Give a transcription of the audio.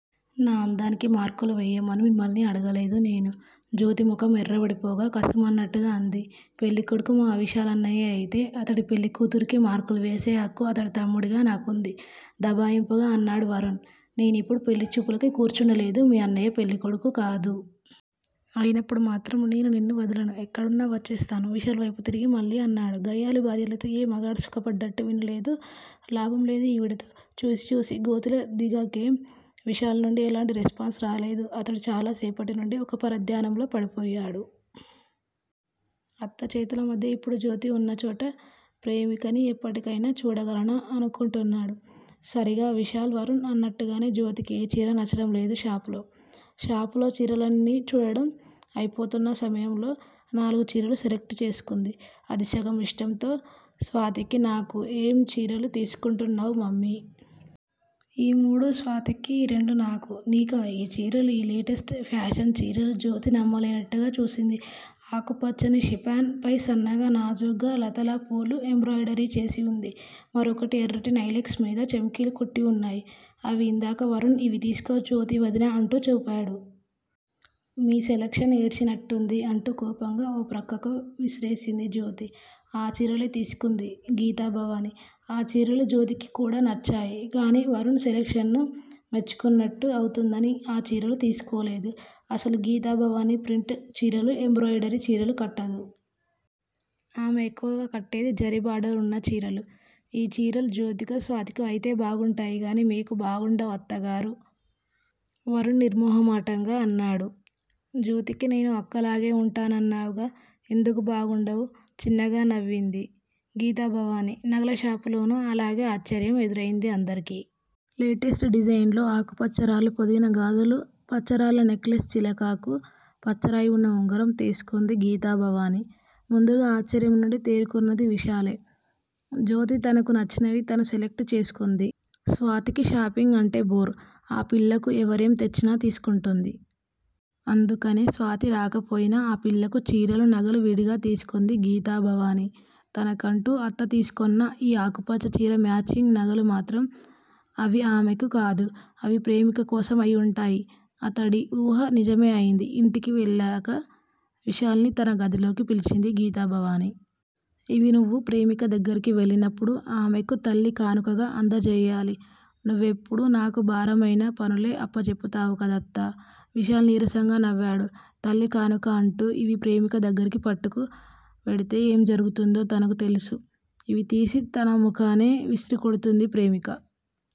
నా అందానికి మార్కులు వెయ్యమని మిమ్మల్ని అడగలేదు నేను. జ్యోతి ముఖం ఎర్రబడిపోగా కస్సుమన్నట్టుగా అంది. పెళ్ళికొడుకు మా విశాల్ అన్నయ్యే అయితే అతడి పెళ్ళి కూతురికి మార్కులు వేసే హక్కు అతడి తమ్ముడిగా నాకుంది! దబాయింపుగా అన్నాడు వరుణ్. నేనిప్పుడు పెళ్ళిచూపులకు కూర్చోనూలేదు! మీ అన్నయ్య పెళ్ళి కొడుకూ కాదు! అయినప్పుడు మాత్రం నేను నిన్ను వదలను! ఎక్కడున్నా వచ్చేస్తాను! విశాల్ వైపు తిరిగి మళ్ళీ అన్నాడు. గయ్యాళి భార్యలతో ఏ మగాడూ సుఖపడ్డట్టు వినలేదు! లాభంలేదు ఈవిడతో. చూసిచూసి గోతిలో దిగకేం? విశాల్ నుండి ఎలాంటి రెస్పాన్స్ రాలేదు. అతడు చాలాసేపటి నుండి ఒక పరధ్యానంలో పడిపోయాడు. అత్త చేతులమధ్య ఇప్పుడు జ్యోతి ఉన్నచోట ప్రేమికని ఎప్పటికైనా చూడగలనా అనుకొంటున్నాడు. సరిగా విశాల్, వరుణ్ అన్నట్టుగానే జ్యోతికి ఏ చీరా నచ్చడంలేదు షాపులో. షాపులో చీరలన్నీ చూడడం అయిపోతున్న సమయంలో నాలుగు చీరలు సెలెక్ట్ చేసుకొంది. అదీ సగం ఇష్టంతో. స్వాతికీ, నాకూ ఏం చీరలు తీసుకొంటున్నావు, మమ్మీ? ఈ మూడు స్వాతికి, ఈ రెండు నాకూ! నీకా ఈ చీరలు? ఈ లేటెస్ట్ ఫాషన్ చీరలు? జ్యోతి నమ్మలేనట్టుగా చూసింది. ఆకుపచ్చని షిపాన్ పై సన్నగా, నాజూకుగా లతలా, పూలూ ఎంబ్రాయిడరీచేసి ఉంది! మరొకటి ఎర్రటి నైలెక్స్ మీద చెమ్కీలు కుట్టిఉన్నాయి! అవి ఇందాకా వరుణ్, ఇవి తీసుకో, జ్యోతి వదినా అంటూ చూపాడు. మీ సెలెక్షన్ ఏడ్చినట్టుంది! అంటూ కోపంగా ఓ ప్రక్కకు విసిరేసింది జ్యోతి. ఆ చీరలే తీసుకొంది గీతాభవాని. ఆ చీరలు జ్యోతికికూడా నచ్చాయి గాని వరుణి సెలెక్షన్ ను మెచ్చుకొన్నట్టు అవుతుందని ఆ చీరలు తీసుకోలేదు! అసలు గీతాభవాని ప్రింటు చీరలు, ఎంబ్రాయిడరీ చీరలు కట్టదు! ఆమె ఎక్కువగా కట్టేది జరీ బార్డర్ ఉన్న చీరలు! ఈ చీరలు జ్యోతికో, స్వాతికో అయితే బాగుంటాయిగాని మీకు బాగుండవు, అత్తగారూ! వరుణ్ నిర్మొహమాటంగా అన్నాడు. జ్యోతికి నేను అక్కలాగే ఉంటా నన్నావుగా? ఎందుకు బాగుండవు? చిన్నగా నవ్వింది గీతాభవాని. నగలషాపులోనూ అలాగే ఆశ్చర్యం ఎదురైంది అందరికీ. లేటెస్ట్ డిజైన్ లో ఆకుపచ్చరాళ్ళు పొదిగిన గాజులు, పచ్చరాళ్ళ నెక్లెస్, చిలకాకు పచ్చరాయి ఉన్న ఉంగరం తీసుకొంది గీతాభవాని. ముందుగా ఆశ్చర్యం నుండి తేరుకొన్నది విశాలే! జ్యోతి తనకు నచ్చినవి తను సెలెక్ట్ చేసుకొంది. స్వాతికి షాపింగ్ అంటే బోర్. ఆ పిల్లకు ఎవరేం తెచ్చినా తీసుకొంటుంది. అందుకని, స్వాతి రాకపోయినా ఆ పిల్లకు చీరలు, నగలు విడిగా తీసుకొంది గీతాభవాని. తనకంటూ అత్తతీసుకొన్న ఈ ఆకుపచ్చ చీరా, మ్యాచింగ్ నగలు మాత్రం అవి ఆమెకు కాదు! అవి ప్రేమిక కోసం అయివుంటాయి! అతడి ఊహ నిజమే అయింది. ఇంటికి వెళ్ళాక విశాల్ ని తన గదిలోకి పిలిచింది గీతాభవాని. ఇవి నువ్వు ప్రేమిక దగ్గరికి వెళ్ళినప్పుడు ఆమెకు తల్లి కానుకగా అంధజేయాలి! నువ్వెప్పుడూ నాకు భారమైన పనులే అప్పజెప్పుతావు కదత్తా! విశాల్ నీరసంగా నవ్వాడు తల్లి కానుక అంటూ ఇవి ప్రేమిక దగ్గరికి పట్టుకు వెడితే ఏం జరుగుతుందో తనకు తెలుసు. ఇవి తీసి తన ముఖానే విసిరికొడుతుంది ప్రేమిక.